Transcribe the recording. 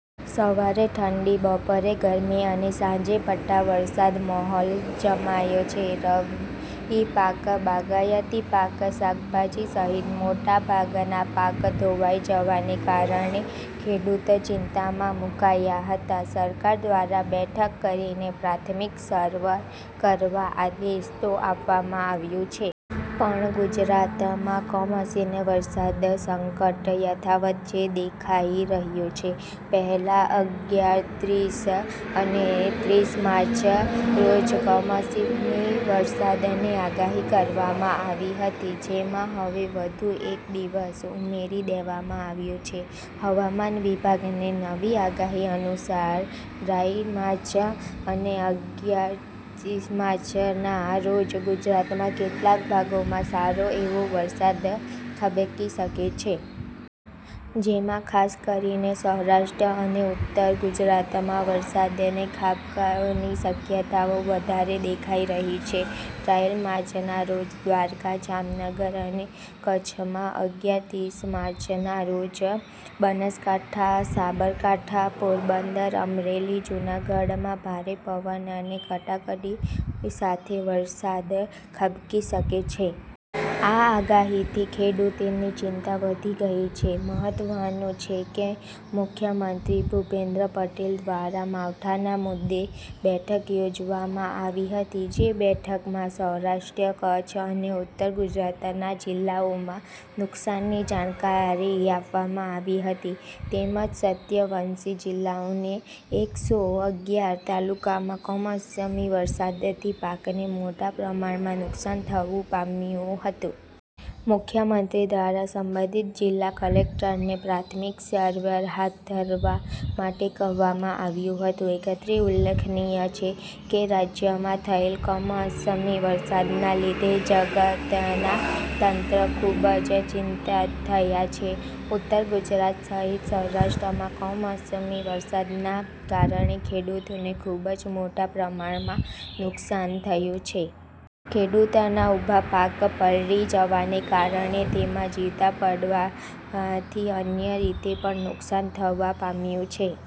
સવારે ઠંડી બપોરે ગરમી અને સાંજ પડતાં વરસાદી માહોલ જામ્યો છે. રવિ પાક, બાગાયતી પાક, શાકભાજી સહિત મોટાભાગના પાક ધોવાય જવાને કારણે ખેડૂતો ચિંતામાં મુકાયા હતા. સરકાર દ્વારા બેઠક કરીને પ્રાથમિક સર્વે કરવા આદેશ તો આપવામાં આવ્યો છે. પણ ગુજરાતમાં કમોસમી વરસાદનું સંકટ યથાવત જ દેખાઈ રહ્યું છે. પહેલા ઓગણત્રીસ અને ત્રીસ માર્ચના રોજ કમોસમી વરસાદની આગાહી કરવામાં અવી હતી જેમાં હવે વધુ એક દિવસ ઉમેરી દેવામાં આવ્યો છે. હવામાન વિભાગની નવી આગાહી અનુસાર, ટ્રાઈડ માર્ચ અને ઓગણત્રીસ માર્ચના રોજ ગુજરાતના કેટલાક ભાગોમાં સારો એવો વરસાદ ખાબકી શકે છે. જેમાં ખાસ કરીને સૌરાષ્ટ્ર અને ઉતર ગુજરાતમાં વરસાદની ખાબકવાની શક્યતાઓ વધારે દેખાઈ રહી છે. ટ્રાઈડ માર્ચના રોજ દ્વારકા, જામનગર અને કચ્છમાં, ઓગણત્રીસ માર્ચના રોજ બનાસકાંઠા, સાબરકાંઠા, પોરબંદર, અમરેલી, જૂનાગઢમાં ભારે પવન અને કડાકા ભડાકા સાથે વરસાદ ખાબકી શકે છે. આ આગાહીથી ખેડૂતોની ચિંતા વધી ગઈ છે. મહત્વનું છે કે મુખ્યમંત્રી ભૂપેન્દ્ર પટેલ દ્વારા માવઠાના મુદ્દે બેઠક યોજવામાં આવી હતી. જે બેઠકમાં સૌરાષ્ટ્ર-કચ્છ અને ઉત્તર ગુજરાતના જિલ્લાઓમાં નુકસાનની જાણકારી આપવામાં આવી હતી. તેમજ સત્યાવીસઽ જિલ્લાના એકસો અગ્યાર તાલુકામાં કમોસમી વરસાદથી પાકને મોટા પ્રમાણમાં નુકસાન થવુ પામ્યું હતું. મુખ્યમંત્રી દ્વારા સંબંધિત જિલ્લા કલેક્ટરને પ્રાથમિક સરવે હાથ ધરવા માટે કહેવામાં આવ્યું હતું. અત્રે ઉલ્લેખનીય છે કે, રાજ્યમાં થયેલા કમોસમી વરસાદના લીધે જગતનો તાત ખુબ જ ચિંતિતિ થયો છે. ઉત્તર ગુજરાત સહિત સૌરાષ્ટ્રમાં કમોસમી વરસાદના કારણે ખેડૂતોને ખુબ જ મોટા પ્રમાણમાં નુકસાન થયું છે. ખેડૂતનો ઉભા પાક પલળી જવાને કારણે તેમાં જીતવા પડવાથી અન્ય રીતે પણ નુકસાન થવા પામ્યું છે.